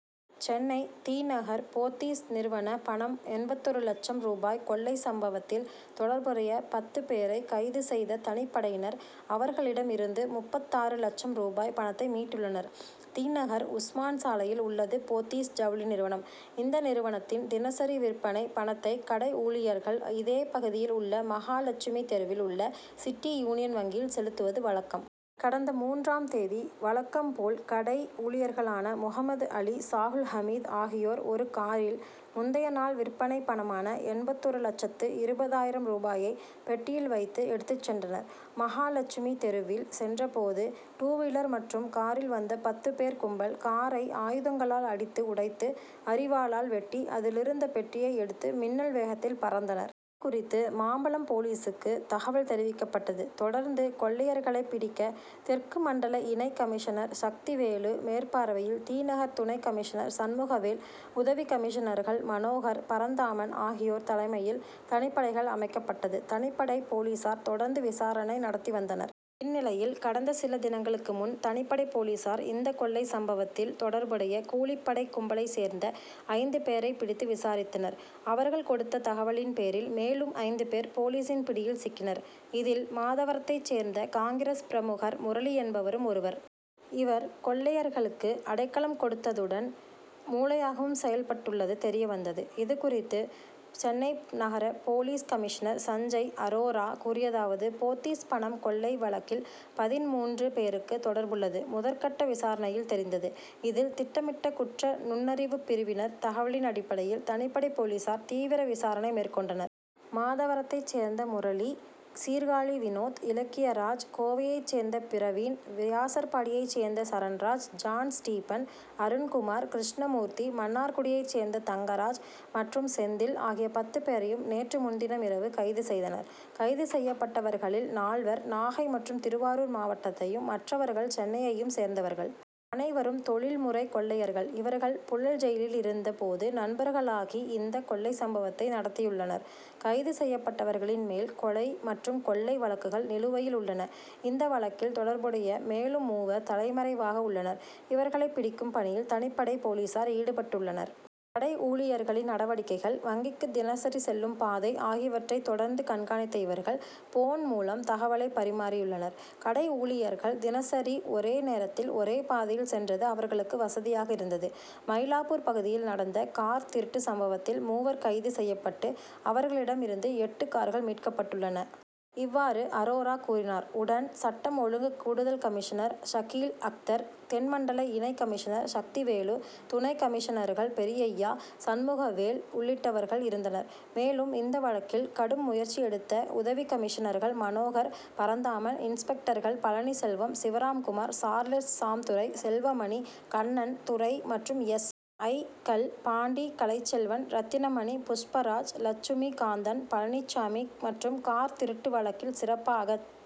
சென்னை தி. நகர், போத்தீஸ் நிறுவன பணம் எண்பத்தொரு லட்சம் ரூபாய் கொள்ளை சம்பவத்தில் தொடர்புடைய பத்து பேரை கைது செய்த தனிப்படையினர், அவர்களிடம் இருந்து முப்பத்தாறு லட்சம் ரூபாய் பணத்தை மீட்டுள்ளனர். தி. நகர் உஸ்மான் சாலையில் உள்ளது போத்தீஸ் ஜவுளி நிறுவனம். இந்த நிறுவனத்தின் தினசரி விற்பனை பணத்தை, கடை ஊழியர்கள், இதே பகுதியில் உள்ள மகாலட்சுமி தெருவில் உள்ள சிட்டி யூனியன் வங்கியில் செலுத்துவது வழக்கம். கடந்த மூன்றாம் தேதி வழக்கம் போல் கடை ஊழியர்களான முகமது அலி, சாகுல் ஹமீது ஆகியோர் ஒரு காரில், முந்தைய நாள் விற்பனை பணமான எண்பத்தொரு லட்சத்து இருபதாயிரம் ரூபாயை பெட்டியில் வைத்து எடுத்துச் சென்றனர். மகாலட்சுமி தெருவில் சென்ற போது, டூவீலர் மற்றும் காரில் வந்த பத்து பேர் கும்பல், காரை ஆயுதங்களால் அடித்து உடைத்து, அரிவாளால் வெட்டி, அதிலிருந்த பெட்டியை எடுத்து மின்னல் வேகத்தில் பறந்தனர். குறித்து, மாம்பலம் போலீசுக்கு தகவல் தெரிவிக்கப்பட்டது. தொடர்ந்து கொள்ளையர்களைப் பிடிக்க, தெற்கு மண்டல இணை கமிஷனர் சக்திவேலு மேற்பார்வையில் தி. நகர் துணை கமிஷனர் சண்முகவேல், உதவி கமிஷனர்கள் மனோகர், பரந்தாமன் ஆகியோர் தலைமையில் தனிப்படைகள் அமைக்கப்பட்டது. தனிப்படை போலீசார் தொடர்ந்து விசாரணை நடத்தி வந்தனர். இந்நிலையில், கடந்த சில தினங்களுக்கு முன், தனிப்படை போலீசார் இந்த கொள்ளை சம்பவத்தில் தொடர்புடைய கூலிப்படை கும்பலைச் சேர்ந்த ஐந்து பேரை பிடித்து விசாரித்தனர். அவர்கள் கொடுத்த தகவலின் பேரில், மேலும் ஐந்து பேர் போலீசின் பிடியில் சிக்கினர். இதில், மாதவரத்தைச் சேர்ந்த காங்கிரஸ் பிரமுகர் முரளி என்பவரும் ஒருவர். இவர், கொள்ளையர்களுக்கு அடைக்கலம் கொடுத்ததுடன், மூளையாகவும் செயல்பட்டுள்ளது தெரிய வந்தது. இதுகுறித்து, சென்னை நகர போலீஸ் கமிஷனர் சஞ்சய் அரோரா கூறியதாவது: போத்தீஸ் பணம் கொள்ளை வழக்கில், பதின்மூன்று பேருக்கு தொடர்புள்ளது முதற்கட்ட விசாரணையில் தெரிந்தது. இதில், திட்டமிட்ட குற்ற நுண்ணறிவுப் பிரிவினர் தகவலின் அடிப்படையில் தனிப்படை போலீசார் தீவிர விசாரணை மேற்கொண்டனர். மாதவரத்தைச் சேர்ந்த முரளி, சீர்காழி வினோத், இலக்கியராஜ், கோவையைச் சேர்ந்த பிரவீன், வியாசர்பாடியைச் சேர்ந்த சரண்ராஜ், ஜான் ஸ்டீபன், அருண்குமார், கிருஷ்ணமூர்த்தி, மன்னார்குடியைச் சேர்ந்த தங்கராஜ் மற்றும் செந்தில் ஆகிய பத்து பேரையும் நேற்று முன்தினம் இரவு கைது செய்தனர். கைது செய்யப்பட்டவர்களில் நால்வர், நாகை மற்றும் திருவாரூர் மாவட்டத்தையும், மற்றவர்கள் சென்னையையும் சேர்ந்தவர்கள். அனைவரும் தொழில் முறை கொள்ளையர்கள். இவர்கள் புழல் ஜெயிலில் இருந்த போது நண்பர்களாகி இந்த கொள்ளை சம்பவத்தை நடத்தியுள்ளனர். கைது செய்யப்பட்டவர்களின் மேல், கொலை மற்றும் கொள்ளை வழக்குகள் நிலுவையில் உள்ளன. இந்த வழக்கில் தொடர்புடைய மேலும் மூவர் தலைமறைவாக உள்ளனர். இவர்களை பிடிக்கும் பணியில் தனிப்படை போலீசார் ஈடுபட்டுள்ளனர். கடை ஊழியர்களின் நடவடிக்கைகள், வங்கிக்கு தினசரி செல்லும் பாதை ஆகியவற்றை தொடர்ந்து கண்காணித்த இவர்கள், போன் மூலம் தகவலை பரிமாறியுள்ளனர். கடை ஊழியர்கள் தினசரி ஒரே நேரத்தில், ஒரே பாதையில் சென்றது அவர்களுக்கு வசதியாக இருந்தது. மயிலாப்பூர் பகுதியில் நடந்த கார் திருட்டு சம்பவத்தில், மூவர் கைது செய்யப்பட்டு அவர்களிடம் இருந்து எட்டு கார்கள் மீட்கப்பட்டுள்ளன. இவ்வாறு அரோரா கூறினார். உடன், சட்டம் ஒழுங்கு கூடுதல் கமிஷனர் ஷகீல் அக்தர், தென்மண்டல இணை கமிஷனர் சக்திவேலு, துணை கமிஷனர்கள் பெரியய்யா, சண்முகவேல் உள்ளிட்டவர்கள் இருந்தனர். மேலும், இந்த வழக்கில் கடும் முயற்சி எடுத்த உதவி கமிஷனர்கள் மனோகர், பரந்தாமன், இன்ஸ்பெக்டர்கள் பழனிசெல்வம், சிவராம்குமார், சார்லஸ் சாம்துரை, செல்வமணி, கண்ணன், துரை மற்றும் எஸ். ஐ.,க்கள் பாண்டி, கலைச்செல்வன், ரத்தினமணி, புஷ்பராஜ், லட்சுமி காந்தன், பழனிச்சாமி மற்றும் கார் திருட்டு வழக்கில் சிறப்பாகச்